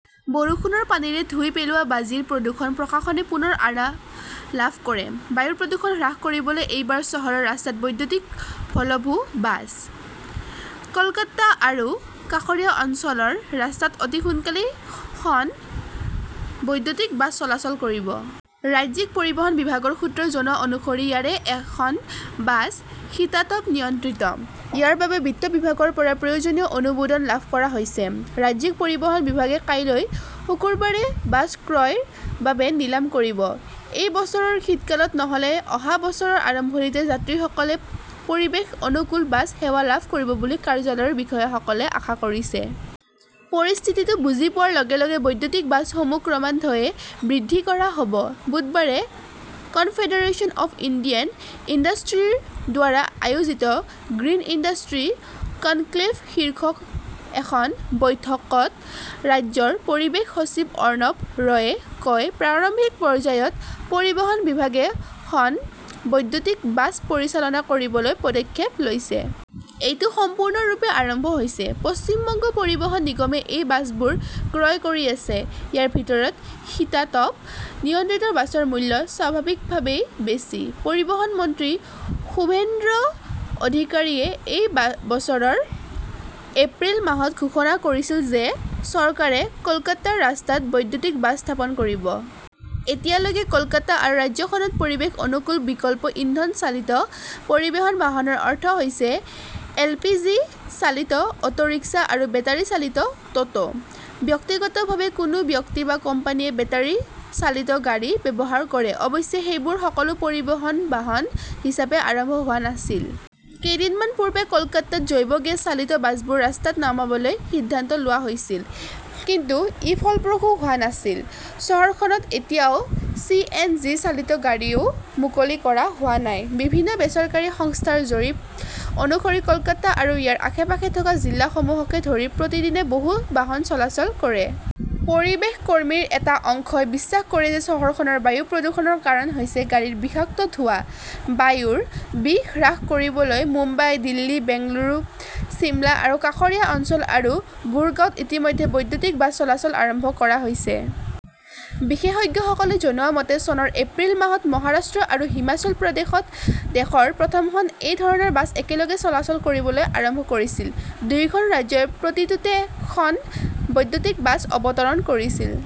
বৰষুণৰ পানীৰে ধুই পেলোৱা বাজিৰ প্ৰদূষণ, প্ৰশাসনে পুনৰ আৰাম লাভ কৰে বায়ু প্ৰদূষণ হ্ৰাস কৰিবলৈ এইবাৰ চহৰৰ ৰাস্তাত বৈদ্যুতিক ভলভো বাছ। কলকাতা আৰু কাষৰীয়া অঞ্চলৰ ৰাস্তাত অতি সোনকালেই খন বৈদ্যুতিক বাছ চলাচল কৰিব। ৰাজ্যিক পৰিবহণ বিভাগৰ সূত্ৰই জনোৱা অনুসৰি ইয়াৰে খন বাছ শীতাতপ নিয়ন্ত্ৰিত। ইয়াৰ বাবে বিত্ত বিভাগৰ পৰা প্ৰয়োজনীয় অনুমোদন লাভ কৰা হৈছে। ৰাজ্যিক পৰিবহণ বিভাগে কাইলৈ, শুক্ৰবাৰে বাছ ক্ৰয়ৰ বাবে নিলাম কৰিব। এই বছৰৰ শীতকালত, নহলে অহা বছৰৰ আৰম্ভণিতে যাত্ৰীসকলে পৰিৱেশ অনুকূল বাছ সেৱা লাভ কৰিব বুলি কাৰ্যালয়ৰ বিষয়াসকলে আশা কৰিছে। পৰিস্থিতিটো বুজি পোৱাৰ লগে-লগে বৈদ্যুতিক বাছসমূহ ক্ৰমান্বয়ে বৃদ্ধি কৰা হ'ব। বুধবাৰে কনফেডাৰেচন অৱ ইণ্ডিয়ান ইণ্ডাষ্ট্ৰী ৰ দ্বাৰা আয়োজিত 'গ্ৰীণ ইণ্ডাষ্ট্ৰী কনক্লেভ শীৰ্ষক এখন বৈঠকত ৰাজ্যৰ পৰিৱেশ সচিব অৰ্ণব ৰয়ে কয়, প্ৰাৰম্ভিক পৰ্যায়ত পৰিবহণ বিভাগে খন বৈদ্যুতিক বাছ পৰিচালনা কৰিবলৈ পদক্ষেপ লৈছে। এইটো সম্পূৰ্ণৰূপে আৰম্ভ হৈছে। পশ্চিম বংগ পৰিবহণ নিগমে এই বাছবোৰ ক্ৰয় কৰি আছে। ইয়াৰ ভিতৰত শীতাত নিয়ন্ত্ৰিত বাছৰ মূল্য স্বাভাৱিকভাৱেই বেছি। পৰিবহণ মন্ত্ৰী সুভেন্দ অধিকাৰীয়ে এই বছৰৰ এপ্ৰিল মাহত ঘোষণা কৰিছিল যে চৰকাৰে কলকাতাৰ ৰাস্তাত বৈদ্যুতিক বাছ স্থাপন কৰিব। এতিয়ালৈকে, কলকাতা আৰু ৰাজ্যখনত পৰিৱেশ-অনুকূল বিকল্প ইন্ধন-চালিত পৰিবহণ বাহনৰ অৰ্থ হৈছে এলপিজি-চালিত অটোৰিক্সা আৰু বেটাৰী-চালিত টোটো। ব্যক্তিগতভাৱে কোনো ব্যক্তি বা কোম্পানীয়ে বেটাৰী চালিত গাড়ী ব্যৱহাৰ কৰে। অৱশ্যে, সেইবোৰ সকলো পৰিবহণ বাহন হিচাপে আৰম্ভ হোৱা নাছিল। কেইদিনমান পূৰ্বে কলকাতাত জৈৱ গেছ চালিত বাছবোৰ ৰাস্তাত নামাবলৈ সিদ্ধান্ত লোৱা হৈছিল। কিন্তু ই ফলপ্ৰসূ হোৱা নাছিল। চহৰখনত এতিয়াও চি. এন. জি. -চালিত গাড়ীও মুকলি কৰা হোৱা নাই। বিভিন্ন বেচৰকাৰী সংস্থাৰ জৰীপ অনুসৰি, কলকাতা আৰু ইয়াৰ আশে-পাশে থকা জিলাসমূহকে ধৰি প্ৰতিদিনে বহু বাহন চলাচল কৰে। পৰিৱেশ কৰ্মীৰ এটা অংশই বিশ্বাস কৰে যে চহৰখনৰ বায়ু প্ৰদূষণৰ কাৰণ হৈছে গাড়ীৰ বিষাক্ত ধোঁৱা। বায়ুৰ বিষ হ্ৰাস কৰিবলৈ মুম্বাই, দিল্লী, বেংগালুৰু, চিমলা আৰু কাষৰীয়া অঞ্চল আৰু গুৰগাঁৱত ইতিমধ্যে বৈদ্যুতিক বাছ চলাচল আৰম্ভ কৰা হৈছে। বিশেষজ্ঞসকলে জনোৱা মতে, চনৰ এপ্ৰিল মাহত মহাৰাষ্ট্ৰ আৰু হিমাচল প্ৰদেশত দেশৰ প্ৰথমখন এই ধৰণৰ বাছ একেলগে চলাচল কৰিবলৈ আৰম্ভ কৰিছিল। দুয়োখন ৰাজ্যই প্ৰতিটোতে খন বৈদ্যুতিক বাছ অৱতৰণ কৰিছিল।